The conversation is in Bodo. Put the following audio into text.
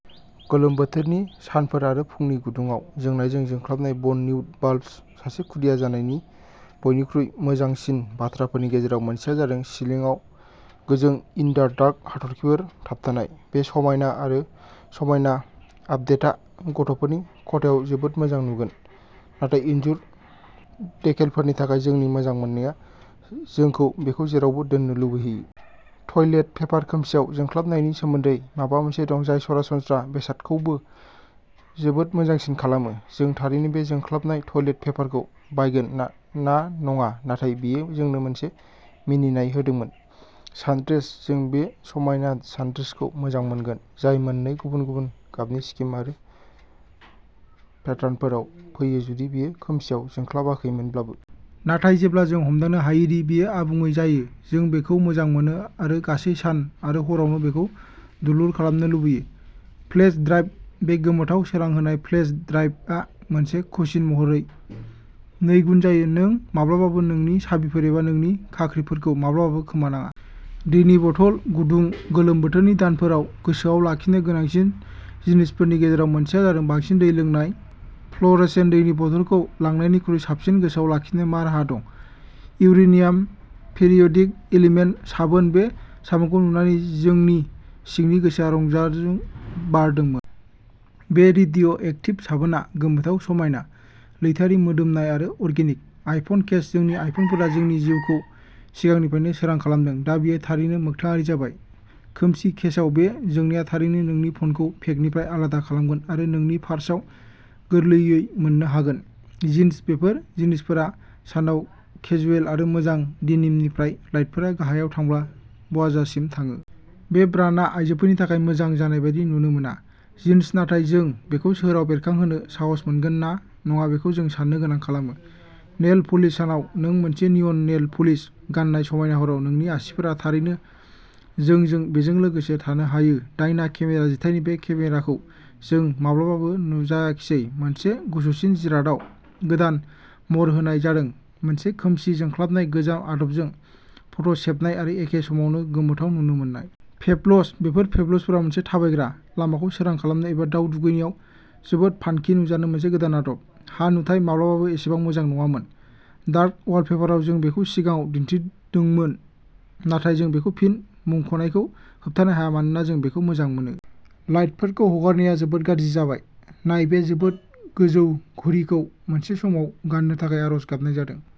गोलोम बोथोरनि सानफोर आरो फुंनि गुदुङाव जोंनायजों जोंख्लाबनाय बन निउट बाल्ब्स सासे खुदिया जानायनि बयनिख्रुइ मोजांसिन बाथ्राफोरनि गेजेराव मोनसेआ जादों सिलिंआव गोजों इन-दा-डार्क हाथरखिफोर थाबथानाय। बे समायना आरो समायना आपडेटा गथ'फोरनि खथायाव जोबोद मोजां नुगोन नाथाय इनजुर देकेलफोरनि थाखाय जोंनि मोजां मोननाया जोंखौ बेखौ जेरावबो दोननो लुबैहोयो। टयलेट पेपार खोमसिआव जोंख्लाबनायनि सोमोन्दै माबा मोनसे दं जाय सरासनस्रा बेसादखौबो जोबोद मोजांसिन खालामो। जों थारैनो बे जोंख्लाबनाय टयलेट पेपारखौ बायगोन ना ना नङा नाथाय बेयो जोंनो मोनसे मिनिनाय होदोंमोन। सानड्रेस जों बे समायना सानड्रेसखौ मोजां मोनगोन जाय मोननै गुबुन-गुबुन गाबनि स्किम आरो पेटार्नफोराव फैयो जुदि बेयो खोमसिआव जोंख्लाबाखैमोनब्लाबो। नाथाय जेब्ला जों हमदांनो हायोदि बेयो आबुङै जायो जों बेखौ मोजां मोनो आरो गासै सान आरो हरावनो बेखौ दुलुर खालामनो लुबैयो। फ्लेश ड्राइभ बे गोमोथाव सोरां होनाय फ्लेश ड्राइभआ मोनसे कीचेन महरै नैगुन जायो नों माब्लाबाबो नोंनि साबिफोर एबा नोंनि खाख्रिफोरखौ माब्लाबाबो खोमानाङा। दैनि बथल गुदुं गोलोम बोथोरनि दानफोराव गोसोआव लाखिनो गोनांसिन जिनिसफोरनि गेजेराव मोनसेआ जादों बांसिन दै लोंनाय। फ्ल'रसेन्ट दैनि बथलखौ लांनायनिख्रुइ साबसिन गोसोआव लाखिनो मा राहा दं? इउरेनियाम पेरियडिक एलिमेन्ट साबोन बे साबोनखौ नुनानै जोंनि सिंनि गोसोआ रंजाजों बारदोंमोन। बे रेडिय'एक्टिभ साबोनआ गोमोथाव समायना, लैथोआरि मोदोमनाय आरो अर्गेनिक। आइफन केस जोंनि आइफनफोरा जोंनि जिउखौ सिगांनिफ्रायनो सोरां खालामदों दा बेयो थारैनो मोगथाङारि जाबाय। खोमसि केसआव बे जोंनाया थारैनो नोंनि फ'नखौ पेकनिफ्राय आलादा खालामगोन आरो नोंनि पार्साव गोरलैयै मोन्नो हागोन जिन्स बेफोर जिन्सफोरा सानाव केजुएल आरो मोजां डेनिमनिफ्राय लाइटफोरा गाहायाव थांब्ला वजासिम थाङो। बे ब्रान्डआ आयजोफोरनि थाखाय मोजां जानाय बायदि नुनो मोना। जिन्स नाथाय जों बेखौ सोहोराव बेरखांहोनो साहस मोनगोन ना नङा बेखौ जों साननो गोनां खालामो। नेल पलिश सानाव नों मोनसे नियन नेल पलिश गान्नाय समायना हराव नोंनि आसिफोरा थारैनो जों जों बेजों लोगोसे थानो हायो डायना केमेरा जिथाइनि बे केमेराखौ जों माब्लाबाबो नुजाखिसै मोनसे गुसुसिन जिरादआव गोदान महर होनाय जादों मोनसे खोमसि जोंख्लाबनाय गोजाम आदबजों फट' सेबनाय आरो एखे समावनो गोमोथाव नुनो मोननाय। पेबल्स बेफोर पेबल्सफोरा मोनसे थाबायग्रा लामाखौ सोरां खालामनो एबा दाउ दुगैनायाव जोबोद फानकि नुजानो मोनसे गोदान आदब। हा नुथाया माब्लाबाबो एसेबां मोजां नङामोन। डार्क वालपेपाराव जों बेखौ सिगाङाव दिन्थिदोंमोन नाथाय जों बेखौ फिन मुंख'नायखौ होबथानो हाया मानोना जों बेखौ मोजां मोनो। लाइटफोरखौ हगारनाया जोबोद गाज्रि जाबाय। नाय बे जोबोद गोजों घड़िखौ मोनसे समाव गाननो थाखाय आर'ज गाबनाय जादों।